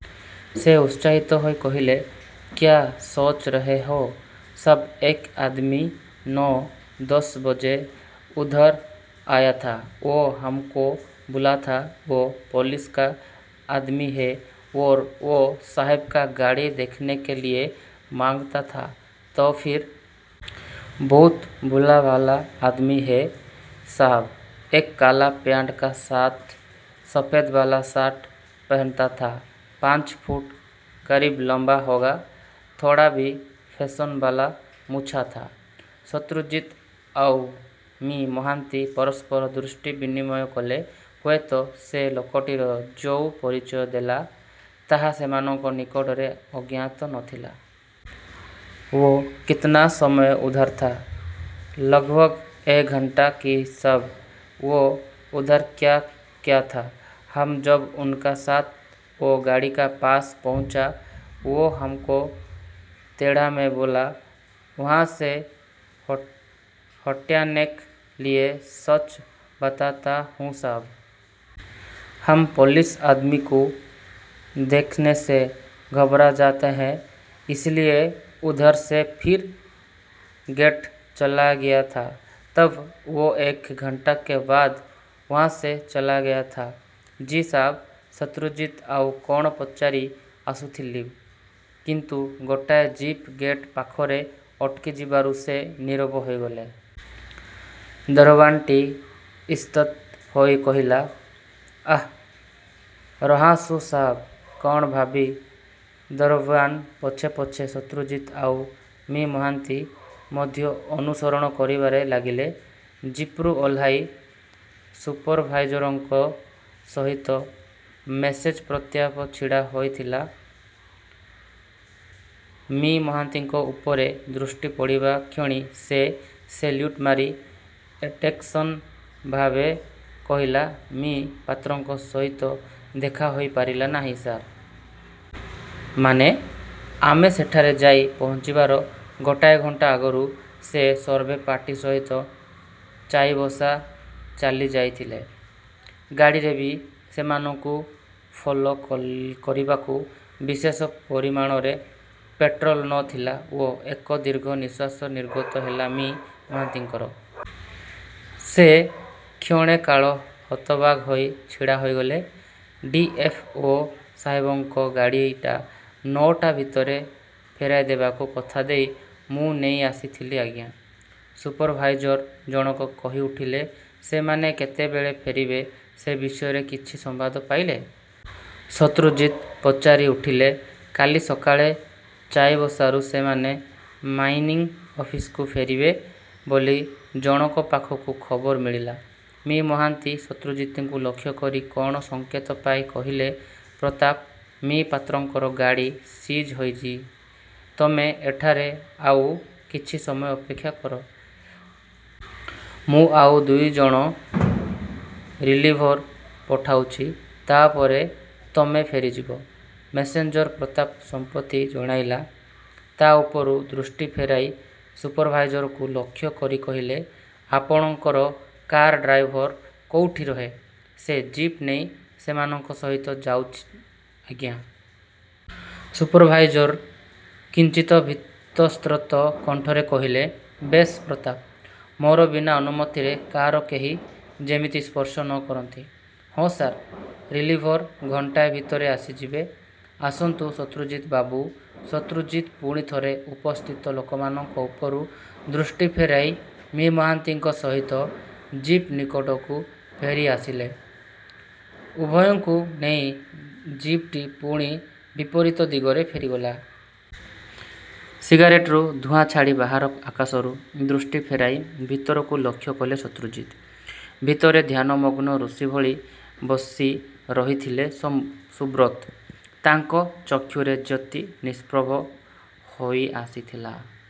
ସେ ଉତ୍ସାହିତ ହୋଇ କହିଲେ, 'କ୍ୟା ଶୋଚ୍ ରହେ ହୋ? ' 'ସାବ୍, ଏକ୍ ଆଦ୍ମି ନ–ଦଶ ବଜେ ଉଧର ଆୟାଥା। ଓ ହାମ୍କୁ ବୁଲାଥା, ଓ ପୋଲିସକା ଆଦ୍ମୀ ହେ, ଔେର ଓ ସାହେବକା ଗାଡ଼ି ଦେଖନେକେ ଲିଏ ମାଗଁତା ଥା। ' 'ତୋ ଫିର? ' 'ବହୁତ ଭୁଲାଭାଲା ଆଦମୀ ହୈ ସା'ବ! ଏକ କାଲା ପ୍ୟାଣ୍ଟକା ସାଥ ସଫେଦବାଲା ଶର୍ଟ ପହନାଥା। ପାଞ୍ଚ ଫୁଟ କରିବ ଲମ୍ବା ହୋଗା। ଥୋଡ଼ା ବି ଫେସନବାଲା ମୃଚ୍ଛ ଥା। ' ଶତ୍ରୁଜିତ ଆଉ ମି: ମହାନ୍ତି ପରସ୍ପର ଦୃଷ୍ଟି ବିନିମୟ କଲେ। ହୁଏତ ସେ ଲୋକଟିର ଯୋଉ ପରିଚୟ ଦେଲା, ତାହା ସେମାନଙ୍କ ନିକଟରେ ଅଜ୍ଞାତ ନ ଥିଲା। 'ଓ କେତନା ସମୟ ଉଧର୍ ଥା? ' 'ଲଗ୍ଭଗ୍ ଏକଘଣ୍ଟା, ଗୀ ସା'ବ୍! ' 'ଓ ଉଧର୍କ୍ୟା କିୟାଥା? ' 'ହାମ୍ ଯବ ଉନକା ସାଥ୍ ଓ ଗାଡ଼ିକା ପାଶ୍ ପହୁଞ୍ଚା ଓ ହାମ୍କୋ ତେଡ଼ାମେ ବୁଲା ଉହାଁସେ ହଟ୍ଯାନେକେ ଲିଏ। ସଚ୍ ବତାତା ହୁଁ ସା'ବ୍! ହାମ୍ ପୋଲିସ ଆଦ୍ମିକୁ ଦେଖ୍ନେସେ ଘବରା ଯାତା ହୈ। ଇସ୍ଲିଏ ଉଧରସେ ଫିର୍ ଗେଟ୍କୋ ଚଲାଗିୟା ଥା। ' 'ତବ୍ ଓ ଏକ ଘଣ୍ଟା କା ବାଦ୍ ଉହାଁସେ ଚଲାଗିୟା ଥା? ' 'ଜୀ, ସା'ବ। ' ଶତ୍ରୁଜିତ ଆଉ କ'ଣ ପଚାରି ଆସୁଥିଲେ, କିନ୍ତୁ ଗୋଟାଏ ଜିପ୍ ଗେଟ୍ ପାଖରେ ଅଟକିଯିବାରୁ ସେ ନୀରବ ହୋଇଗଲେ। ଦରୱାନ୍ଟି ଇତସ୍ତତଃ ହୋଇ କହିଲା, 'ଆ'ରହାହୁଁ ସା'ବ-! ' କ'ଣ ଭାବି ଦରଓ୍ୟାନ୍ ପଛେ ପଛେ ଶତ୍ରୁଜିତ ଆଉ ମି:ମହାନ୍ତି ମଧ୍ୟ ଅନୁସରଣ କରିବାରେ ଲାଗିଲେ। ଜିପ୍ରୁ ଓହ୍ଲାଇ ସୁପରଭାଇଜରଙ୍କ ସହିତ ମେସେଞ୍ଜର ପ୍ରତାପ ଛିଡ଼ା ହୋଇଥିଲା। ମି: ମହାନ୍ତିଙ୍କ ଉପରେ ଦୃଷ୍ଟି ପଡ଼ିବାକ୍ଷଣି ସେ ସେଲ୍ୟୁଟ ମାରି ଏଟେକ୍ସନ ଭାବରେ କହିଲା, 'ମି:ପାତ୍ରଙ୍କ ସହିତ ଦେଖା ହୋଇପାରିଲା ନାହିଁ, ସାର୍! '। 'ମାନେ? ' 'ଆମେ ସେଠାରେ ଯାଇ ପହଞ୍ଚିବାର ଗୋଟାଏ ଘଣ୍ଟା ଆଗରୁ ସେ ସର୍ଭେ ପାର୍ଟି ସହିତ ଚାଇବସା ଚାଲିଯାଇଥିଲେ। ଗାଡ଼ିରେ ବି ସେମାନଙ୍କୁ ଫଲୋ କରିବାକୁ ବିଶେଷ ପରିମାଣରେ ପେଟ୍ରୋଲ ନ ଥିଲା। ' 'ଓ' ଏକ ଦୀର୍ଘ ନିଶ୍ୱାସ ନିର୍ଗତ ହେଲା ମି: ମହାନ୍ତିଙ୍କର। ସେ କ୍ଷଣେ କାଳ ହତବାକ ହୋଇ ଛିଡ଼ା ହୋଇଗଲେ। 'ଡି. ଏଫ୍. ଓ. ସାହେବଙ୍କ ଗାଡ଼ିଟା ନଅଟା ଭିତରେ ଫେରାଇଦେବାକୁ କଥା ଦେଇ ମୁଁ ନେଇ ଆସିଥିଲି, ଆଜ୍ଞା! ' ସୁପରଭାଇଜର ଜଣକ କହିଉଠିଲେ। 'ସେମାନେ କେତେବେଳେ ଫେରିବେ ସେ ବିଷୟରେ କିଛି ସମ୍ବାଦ ପାଇଲେ? ' ଶତ୍ରୁଜିତ ପଚାରି ଉଠିଲେ। 'କାଲି ସକାଳେ ଚାଇବସାରୁ ସେମାନେ ମାଇନିଂ ଅଫିସକୁ ଫେରିବେ ବୋଲି ଜଣକ ପାଖରୁ ଖବର ମିଳିଲା। ' ମି: ମହାନ୍ତି ଶତ୍ରୁଜିତଙ୍କୁ ଲକ୍ଷ୍ୟ କରି କ'ଣ ସଙ୍କେତ ପାଇ କହିଲେ, 'ପ୍ରତାପ, ମି: ପାତ୍ରଙ୍କର ଗାଡ଼ି ସିଜ୍ ହୋଇଛି। ତମେ ଏଇଠାରେ ଆଉ କିଛି ସମୟ ଅପେକ୍ଷା କର। ମୁଁ ଆଉ ଦୁଇଜଣ ରିଲିଭର ପଠାଉଛି। ତା'ପରେ ତମେ ଫେରିଯିବ। ' ମେସେଞ୍ଜର ପ୍ରତାପ ସମ୍ମତି ଜଣାଇଲା। ତା ଉପରୁ ଦୃଷ୍ଟି ଫେରାଇ ସୁପରଭାଇଜରକୁ ଲକ୍ଷ୍ୟ କରି କହିଲେ, 'ଆପଣଙ୍କର କାର ଡ୍ରାଇଭର କୋଉଠି ରହେ? ' 'ସେ ଜିପ୍ ନେଇ ସେମାନଙ୍କ ସହିତ ଯାଇଛି, ଆଜ୍ଞା! ' ସୁପରଭାଇଜର କିଞ୍ଚିତ୍ ଭୀତତ୍ରସ୍ତ କଣ୍ଠରେ କହିଲେ। 'ବେଶ୍, ପ୍ରତାପ, ମୋର ବିନା ଅନୁମତିରେ କାର କେହି ଯେମିତି ସ୍ପର୍ଶ ନ କରନ୍ତି। ' 'ହଁ ସାର! ' 'ରିଲିଭର ଘଣ୍ଟାଏ ଭିତରେ ଆସିଯିବେ। ଆସନ୍ତୁ ଶତ୍ରୁଜିତବାବୁ! ' ଶତ୍ରୁଜିତ ପୁଣି ଥରେ ଉପସ୍ଥିତ ଲୋକମାନଙ୍କ ଉପରୁ ଦୃଷ୍ଟି ଫେରାଇ ମି: ମହାନ୍ତିଙ୍କ ସହିତ ଜିପ୍ ନିକଟକୁ ଫେରିଆସିଲେ ଉଭୟଙ୍କୁ ନେଇ ଜିପ୍ଟି ପୁଣି ବିପରୀତ ଦିଗରେ ଫେରିଗଲା-। ସିଗାରେଟରୁ ଧୂଆଁ ଛାଡ଼ି ବାହାର ଆକାଶରୁ ଦୃଷ୍ଟି ଫେରାଇ ଭିତରକୁ ଲକ୍ଷ୍ୟ କଲେ ଶତ୍ରୁଜିତ। ଭିତରେ ଧ୍ୟାନମଗ୍ନ ଋଷି ଭଳି ବସି ରହିଥିଲେ ସୁବ୍ରତ। ତାଙ୍କ ଚକ୍ଷୁରେ ଜ୍ୟୋତି ନିଷ୍ପ୍ରଭ ହୋଇଆସିଥିଲା।